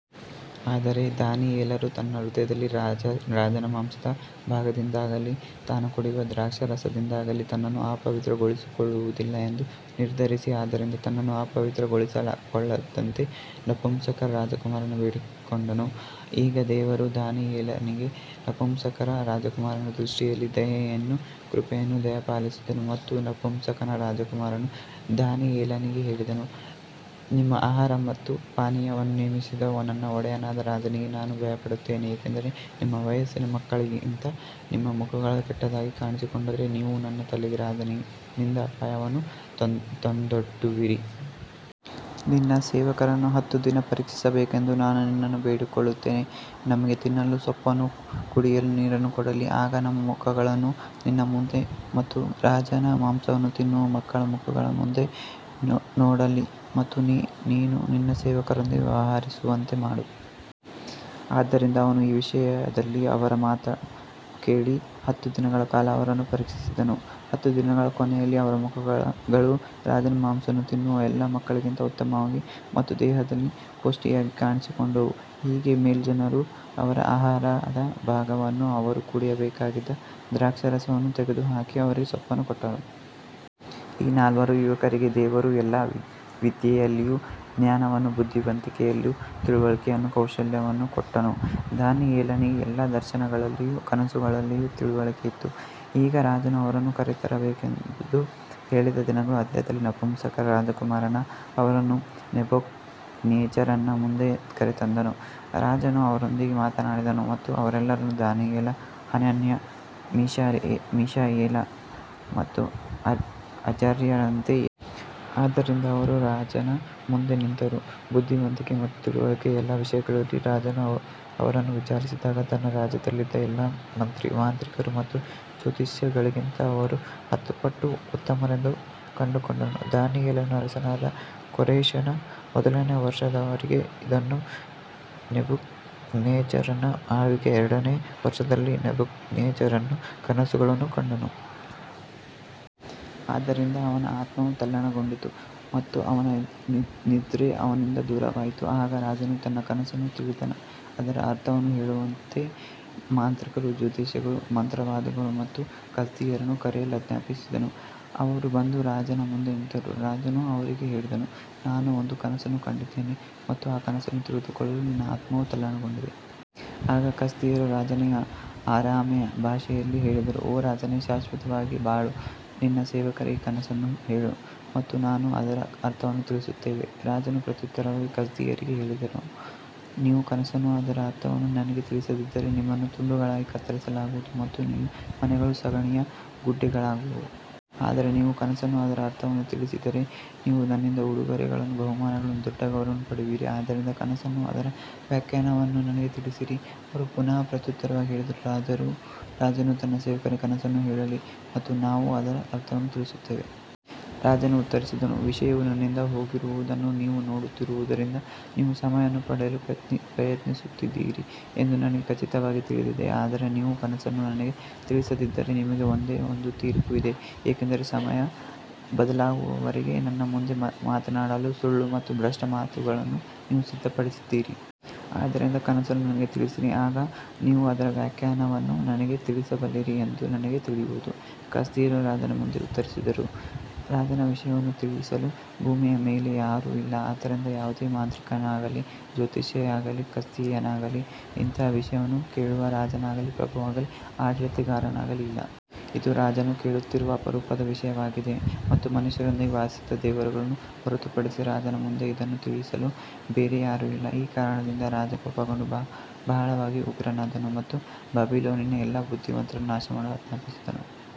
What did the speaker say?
ಆದರೆ ದಾನಿಯೇಲನು ತನ್ನ ಹೃದಯದಲ್ಲಿ ರಾಜನ ಮಾಂಸದ ಭಾಗದಿಂದಾಗಲಿ ತಾನು ಕುಡಿಯುವ ದ್ರಾಕ್ಷಾರಸದಿಂದಾಗಲಿ ತನ್ನನ್ನು ಅಪವಿತ್ರಗೊಳಿಸಿಕೊಳ್ಳುವುದಿಲ್ಲ ಎಂದು ನಿರ್ಧರಿಸಿ, ಆದ್ದರಿಂದ ತನ್ನನ್ನು ಅಪವಿತ್ರಗೊಳಿಸಿಕೊಳ್ಳದಂತೆ ನಪುಂಸಕರ ರಾಜಕುಮಾರನನ್ನು ಬೇಡಿಕೊಂಡನು. ಈಗ ದೇವರು ದಾನಿಯೇಲನಿಗೆ ನಪುಂಸಕರ ರಾಜಕುಮಾರನ ದೃಷ್ಟಿಯಲ್ಲಿ ದಯೆಯನ್ನೂ ಕೃಪೆಯನ್ನೂ ದಯಪಾಲಿಸಿದನು. ಮತ್ತು ನಪುಂಸಕರ ರಾಜಕುಮಾರನು ದಾನಿಯೇಲನಿಗೆ ಹೇಳಿದನು, ನಿಮ್ಮ ಆಹಾರ ಮತ್ತು ಪಾನೀಯವನ್ನು ನೇಮಿಸಿದ ನನ್ನ ಒಡೆಯನಾದ ರಾಜನಿಗೆ ನಾನು ಭಯಪಡುತ್ತೇನೆ, ಏಕೆಂದರೆ ನಿಮ್ಮ ವಯಸ್ಸಿನ ಮಕ್ಕಳಿಗಿಂತ ನಿಮ್ಮ ಮುಖಗಳು ಕೆಟ್ಟದಾಗಿ ಕಾಣಿಸಿಕೊಂಡರೆ, ನೀವು ನನ್ನ ತಲೆಗೆ ರಾಜನಿಂದ ಅಪಾಯವನ್ನು ತಂದೊಡ್ಡುವಿರಿ. ನಿನ್ನ ಸೇವಕರನ್ನು ಹತ್ತು ದಿನ ಪರೀಕ್ಷಿಸಬೇಕೆಂದು ನಾನು ನಿನ್ನನ್ನು ಬೇಡಿಕೊಳ್ಳುತ್ತೇನೆ. ನಮಗೆ ತಿನ್ನಲು ಸೊಪ್ಪನ್ನೂ ಕುಡಿಯಲು ನೀರನ್ನೂ ಕೊಡಲಿ. ಆಗ ನಮ್ಮ ಮುಖಗಳನ್ನು ನಿನ್ನ ಮುಂದೆ ಮತ್ತು ರಾಜನ ಮಾಂಸವನ್ನು ತಿನ್ನುವ ಮಕ್ಕಳ ಮುಖಗಳ ಮುಂದೆ ನೋಡಲಿ ಮತ್ತು ನೀನು ನಿನ್ನ ಸೇವಕರೊಂದಿಗೆ ವ್ಯವಹರಿಸುವಂತೆ ಮಾಡು. ಆದ್ದರಿಂದ ಅವನು ಈ ವಿಷಯದಲ್ಲಿ ಅವರ ಮಾತನ್ನು ಕೇಳಿ ಹತ್ತು ದಿನಗಳ ಕಾಲ ಅವರನ್ನು ಪರೀಕ್ಷಿಸಿದನು. ಹತ್ತು ದಿನಗಳ ಕೊನೆಯಲ್ಲಿ ಅವರ ಮುಖಗಳು ರಾಜನ ಮಾಂಸವನ್ನು ತಿನ್ನುವ ಎಲ್ಲಾ ಮಕ್ಕಳಿಗಿಂತ ಉತ್ತಮವಾಗಿ ಮತ್ತು ದೇಹದಲ್ಲಿ ಪುಷ್ಟಿಯಾಗಿ ಕಾಣಿಸಿಕೊಂಡವು. ಹೀಗೆ ಮೆಲ್ಜಾರನು ಅವರ ಆಹಾರದ ಭಾಗವನ್ನೂ ಅವರು ಕುಡಿಯಬೇಕಾಗಿದ್ದ ದ್ರಾಕ್ಷಾರಸವನ್ನೂ ತೆಗೆದುಹಾಕಿ ಅವರಿಗೆ ಸೊಪ್ಪನ್ನು ಕೊಟ್ಟನು. ಈ ನಾಲ್ವರು ಯುವಕರಿಗೆ ದೇವರು ಎಲ್ಲಾ ವಿದ್ಯೆಯಲ್ಲಿಯೂ ಜ್ಞಾನವನ್ನೂ ಬುದ್ಧಿವಂತಿಕೆಯಲ್ಲಿಯೂ ತಿಳುವಳಿಕೆಯನ್ನೂ ಕೌಶಲ್ಯವನ್ನೂ ಕೊಟ್ಟನು. ದಾನಿಯೇಲನಿಗೆ ಎಲ್ಲಾ ದರ್ಶನಗಳಲ್ಲಿಯೂ ಕನಸುಗಳಲ್ಲಿಯೂ ತಿಳುವಳಿಕೆ ಇತ್ತು. ಈಗ ರಾಜನು ಅವರನ್ನು ಕರೆತರಬೇಕೆಂದು ಹೇಳಿದ ದಿನಗಳ ಅಂತ್ಯದಲ್ಲಿ ನಪುಂಸಕರ ರಾಜಕುಮಾರನು ಅವರನ್ನು ನೆಬೂಕದ್ನೆಚ್ಚರನ ಮುಂದೆ ಕರೆತಂದನು. ರಾಜನು ಅವರೊಂದಿಗೆ ಮಾತನಾಡಿದನು ಮತ್ತು ಅವರೆಲ್ಲರಲ್ಲಿ ದಾನಿಯೇಲ, ಹನನ್ಯ, ಮಿಶಾಯೇಲ ಮತ್ತು ಅಜರ್ಯರಂತೆ ಯಾರೂ ಕಂಡುಬರಲಿಲ್ಲ. ಆದ್ದರಿಂದ ಅವರು ರಾಜನ ಮುಂದೆ ನಿಂತರು. ಬುದ್ಧಿವಂತಿಕೆ ಮತ್ತು ತಿಳುವಳಿಕೆಯ ಎಲ್ಲಾ ವಿಷಯಗಳಲ್ಲಿ ರಾಜನು ಅವರನ್ನು ವಿಚಾರಿಸಿದಾಗ, ತನ್ನ ರಾಜ್ಯದಲ್ಲಿದ್ದ ಎಲ್ಲಾ ಮಾಂತ್ರಿಕರು ಮತ್ತು ಜ್ಯೋತಿಷಿಗಳಿಗಿಂತ ಅವರು ಹತ್ತು ಪಟ್ಟು ಉತ್ತಮರೆಂದು ಕಂಡುಕೊಂಡನು. ದಾನಿಯೇಲನು ಅರಸನಾದ ಕೋರೆಷನ ಮೊದಲನೆಯ ವರ್ಷದವರೆಗೆ ಇದ್ದನು. ನೆಬೂಕದ್ನೆಚ್ಚರನ ಆಳ್ವಿಕೆಯ ಎರಡನೆಯ ವರ್ಷದಲ್ಲಿ ನೆಬೂಕದ್ನೆಚ್ಚರನು ಕನಸುಗಳನ್ನು ಕಂಡನು. ಅದರಿಂದ ಅವನ ಆತ್ಮವು ತಲ್ಲಣಗೊಂಡಿತು ಮತ್ತು ಅವನ ನಿದ್ರೆ ಅವನಿಂದ ದೂರವಾಯಿತು. ಆಗ ರಾಜನು ತನ್ನ ಕನಸನ್ನು ತಿಳಿಸಿ ಅದರ ಅರ್ಥವನ್ನು ಹೇಳುವಂತೆ ಮಾಂತ್ರಿಕರು, ಜ್ಯೋತಿಷಿಗಳು, ಮಂತ್ರವಾದಿಗಳು ಮತ್ತು ಕಸ್ದೀಯರನ್ನು ಕರೆಯಲು ಆಜ್ಞಾಪಿಸಿದನು. ಅವರು ಬಂದು ರಾಜನ ಮುಂದೆ ನಿಂತರು. ರಾಜನು ಅವರಿಗೆ ಹೇಳಿದನು, ನಾನು ಒಂದು ಕನಸನ್ನು ಕಂಡಿದ್ದೇನೆ ಮತ್ತು ಆ ಕನಸನ್ನು ತಿಳಿದುಕೊಳ್ಳಲು ನನ್ನ ಆತ್ಮವು ತಲ್ಲಣಗೊಂಡಿದೆ. ಆಗ ಕಸ್ದೀಯರು ರಾಜನಿಗೆ ಅರಾಮ್ಯ ಭಾಷೆಯಲ್ಲಿ ಹೇಳಿದರು, ಓ ರಾಜನೇ, ಶಾಶ್ವತವಾಗಿ ಬಾಳು. ನಿನ್ನ ಸೇವಕರಿಗೆ ಕನಸನ್ನು ಹೇಳು ಮತ್ತು ನಾವು ಅದರ ಅರ್ಥವನ್ನು ತಿಳಿಸುತ್ತೇವೆ. ರಾಜನು ಪ್ರತ್ಯುತ್ತರವಾಗಿ ಕಸ್ದೀಯರಿಗೆ ಹೇಳಿದನು, ನೀವು ಕನಸನ್ನೂ ಅದರ ಅರ್ಥವನ್ನೂ ನನಗೆ ತಿಳಿಸದಿದ್ದರೆ ನಿಮ್ಮನ್ನು ತುಂಡುಗಳಾಗಿ ಕತ್ತರಿಸಲಾಗುವುದು ಮತ್ತು ನಿಮ್ಮ ಮನೆಗಳು ಸಗಣಿಯ ಗುಡ್ಡೆಗಳಾಗುವವು. ಆದರೆ ನೀವು ಕನಸನ್ನೂ ಅದರ ಅರ್ಥವನ್ನೂ ತಿಳಿಸಿದರೆ ನೀವು ನನ್ನಿಂದ ಉಡುಗೊರೆಗಳನ್ನೂ ಬಹುಮಾನಗಳನ್ನೂ ದೊಡ್ಡ ಗೌರವವನ್ನೂ ಪಡೆಯುವಿರಿ. ಆದ್ದರಿಂದ ಕನಸನ್ನೂ ಅದರ ವ್ಯಾಖ್ಯಾನವನ್ನೂ ನನಗೆ ತಿಳಿಸಿರಿ. ಅವರು ಪುನಃ ಪ್ರತ್ಯುತ್ತರವಾಗಿ ಹೇಳಿದರು, ರಾಜನು ತನ್ನ ಸೇವಕರಿಗೆ ಕನಸನ್ನು ಹೇಳಲಿ ಮತ್ತು ನಾವು ಅದರ ಅರ್ಥವನ್ನು ತಿಳಿಸುತ್ತೇವೆ. ರಾಜನು ಉತ್ತರಿಸಿದನು, ವಿಷಯವು ನನ್ನಿಂದ ಹೋಗಿರುವುದನ್ನು ನೀವು ನೋಡುತ್ತಿರುವುದರಿಂದ ನೀವು ಸಮಯವನ್ನು ಪಡೆಯಲು ಪ್ರಯತ್ನಿಸುತ್ತಿದ್ದೀರಿ ಎಂದು ನನಗೆ ಖಚಿತವಾಗಿ ತಿಳಿದಿದೆ. ಆದರೆ ನೀವು ಕನಸನ್ನು ನನಗೆ ತಿಳಿಸದಿದ್ದರೆ ನಿಮಗೆ ಒಂದೇ ಒಂದು ತೀರ್ಪು ಇದೆ. ಏಕೆಂದರೆ ಸಮಯ ಬದಲಾಗುವವರೆಗೆ ನನ್ನ ಮುಂದೆ ಮಾತನಾಡಲು ಸುಳ್ಳು ಮತ್ತು ಭ್ರಷ್ಟ ಮಾತುಗಳನ್ನು ನೀವು ಸಿದ್ಧಪಡಿಸಿದ್ದೀರಿ. ಆದ್ದರಿಂದ ಕನಸನ್ನು ನನಗೆ ತಿಳಿಸಿರಿ. ಆಗ ನೀವು ಅದರ ವ್ಯಾಖ್ಯಾನವನ್ನೂ ನನಗೆ ತಿಳಿಸಬಲ್ಲಿರಿ ಎಂದು ನನಗೆ ತಿಳಿಯುವುದು. ಕಸ್ದೀಯರು ರಾಜನ ಮುಂದೆ ಉತ್ತರಿಸಿದರು, ರಾಜನ ವಿಷಯವನ್ನು ತಿಳಿಸಲು ಭೂಮಿಯ ಮೇಲೆ ಯಾರೂ ಇಲ್ಲ. ಆದ್ದರಿಂದ ಯಾವುದೇ ಮಾಂತ್ರಿಕನಾಗಲಿ, ಜ್ಯೋತಿಷಿಯಾಗಲಿ, ಕಸ್ದೀಯನಾಗಲಿ ಇಂತಹ ವಿಷಯವನ್ನು ಕೇಳುವ ರಾಜನಾಗಲಿ, ಪ್ರಭುವಾಗಲಿ, ಆಡಳಿತಗಾರನಾಗಲಿ ಇಲ್ಲ. ಇದು ರಾಜನು ಕೇಳುತ್ತಿರುವ ಅಪರೂಪದ ವಿಷಯವಾಗಿದೆ ಮತ್ತು ಮನುಷ್ಯರೊಂದಿಗೆ ವಾಸಿಸದ ದೇವರುಗಳನ್ನು ಹೊರತುಪಡಿಸಿ ರಾಜನ ಮುಂದೆ ಇದನ್ನು ತಿಳಿಸಲು ಬೇರೆ ಯಾರೂ ಇಲ್ಲ. ಈ ಕಾರಣದಿಂದ ರಾಜನು ಕೋಪಗೊಂಡು ಬಹಳವಾಗಿ ಉಗ್ರನಾದನು ಮತ್ತು ಬಾಬಿಲೋನಿನ ಎಲ್ಲಾ ಬುದ್ಧಿವಂತರನ್ನು ನಾಶಮಾಡಲು ಆಜ್ಞಾಪಿಸಿದನು.